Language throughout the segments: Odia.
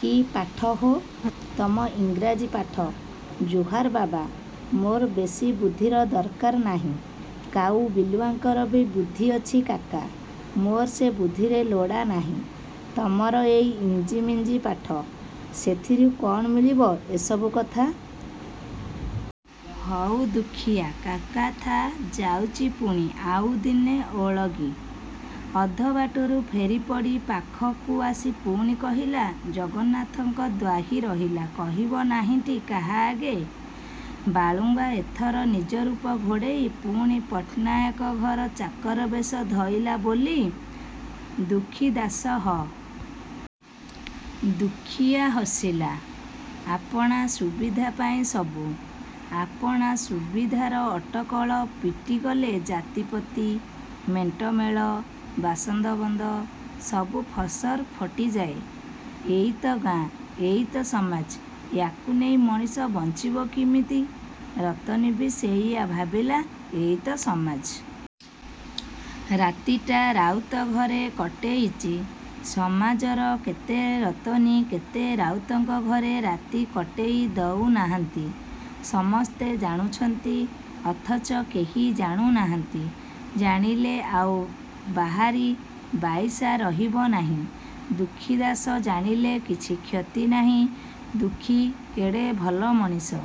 କି ପାଠ ହୋ? ତମ ଇଂରାଜୀ ପାଠ। ଜୁହାର ବାବା। ମୋର ବେଶି ବୁଦ୍ଧିର ଦରକାର ନାହିଁ। କାଉ ବିଲୁଆଙ୍କର ବି ବୁଦ୍ଧି ଅଛି କାକା। ମୋର ସେ ବୁଦ୍ଧିରେ ଲୋଡ଼ା ନାହିଁ। ତମର ଏଇ ଇଞ୍ଜିମିଞ୍ଜି ପାଠ? ସେଥିରୁ କ'ଣ ମିଳିବ ଏ ସବୁ କଥା? ହଉ ଦୁଃଖୀଆ କାକା ଥାଅ ଯାଉଚି ପୁଣି ଆଉଦିନେ ଓଳଗି। ଅଧବାଟରୁ ଫେରିପଡ଼ି ପାଖକୁ ଆସି ପୁଣି କହିଲା, ଜଗନ୍ନାଥଙ୍କ ଦ୍ୱାହି ରହିଲା କହିବ ନାହିଁଟି କାହା ଆଗେ। ବାଳୁଙ୍ଗା ଏଥର ନିଜରୂପ ଘୋଡ଼େଇ ପୁଣି ପଟ୍ଟନାୟକ ଘର ଚାକର ବେଶ ଧଇଲା ବୋଲି, ଦୁଃଖୀ ଦାଶ ହ-- ଦୁଃଖୀଆ ହସିଲା। ଆପଣା ସୁବିଧାପାଇଁ ସବୁ। ଆପଣା ସୁବିଧାର ଅଟକଳ ପିଟିଗଲେ ଜାତି ପତି, ମେଣ୍ଟ ମେଳ, ବାସନ୍ଦ ବନ୍ଦ, ସବୁ ଫସର ଫଟିଯାଏ। ଏଇ ତ ଗାଁ ଏଇ ତ ସମାଜ ୟାକୁ ନେଇ ମଣିଷ ବଞ୍ଚିବ କିମିତି! ରତନୀବି ସେଇୟା ଭାବିଲା ଏଇ ତ ସମାଜ? ରାତିଟା ରାଉତ ଘରେ କଟେଇଚି। ସମାଜର କେତେ ରତନୀ କେତେ ରାଉତଙ୍କ ଘରେ ରାତି କଟେଇ ଦଉ ନାହାନ୍ତି। ସମସ୍ତେ ଜାଣୁଛନ୍ତି, ଅଥଚ କେହି ଜାଣୁ ନାହାନ୍ତି। ଜାଣିଲେ ଆଉ ବାହାରି ବାଇଶା ରହିବ ନାହିଁ। ଦୁଃଖୀ ଦାଶ ଜାଣିଲେ କିଛି କ୍ଷତି ନାହିଁ। ଦୁଃଖୀ କେଡ଼େ ଭଲ ମଣିଷ।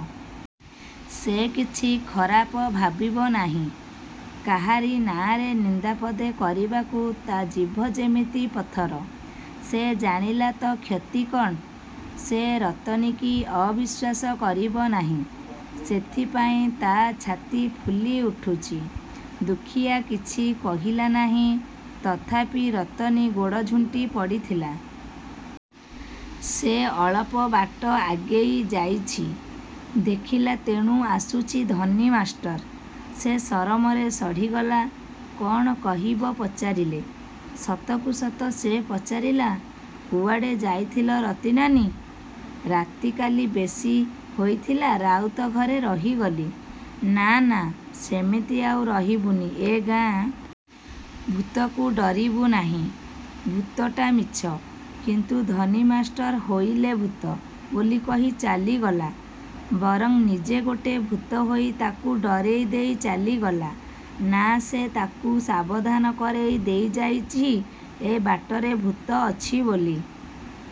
ସେ କିଛି ଖରାପ ଭାବିବ ନାହିଁ। କାହାରି ନାଆଁରେ ନିନ୍ଦା ପଦେ କରିବାକୁ ତା ଜିଭ ଯେମିତି ପଥର। ସେ ଜାଣିଲା ତ କ୍ଷତି କ'ଣ? ସେ ରତନୀକି ଅବିଶ୍ୱାସ କରିବ ନାହିଁ। ସେଥିପାଇଁ ତା ଛାତି ଫୁଲି ଉଠୁଛି। ଦୁଃଖୀଆ କିଛି କହିଲା ନାହିଁ। ତଥାପି ରତନୀ ଗୋଡ଼ ଝୁଣ୍ଟି ପଡ଼ିଥିଲା। ସେ ଅଳପବାଟ ଆଗେଇ ଯାଇଛି, ଦେଖିଲା, ତେଣୁ ଆସୁଚି ଧନୀ ମାଷ୍ଟର। ସେ ସରମରେ ଶଢ଼ିଗଲା। କ'ଣ କହିବ ପଚାରିଲେ? ସତକୁସତ ସେ ପଚାରିଲା, କୁଆଡ଼େ ଯାଇଥିଲ ରତିନାନୀ? ରାତି କାଲି ବେଶି ହେଇଥିଲା ରାଉତ ଘରେ ରହିଗଲି। ନା ନା ସେମିତି ଆଉ ରହିବୁନି ଏ ଗାଁ ଭୂତକୁ ଡରିବୁ ନାହିଁ। ଭୂତଟା ମିଛ। କିନ୍ତୁ ଧନୀ ମାଷ୍ଟର ହେଇଲୋ ଭୂତ ବୋଲି କହି ଚାଲିଗଲା। ବରଂ ନିଜେ ଗୋଟେ ଭୂତ ହେଇ ତାକୁ ଡରେଇ ଦେଇ ଚାଲିଗଲା ନା ସେ ତାକୁ ସାବଧାନ କରେଇ ଦେଇଯାଇଛି ଏ ବାଟରେ ଭୂତ ଅଛି ବୋଲି।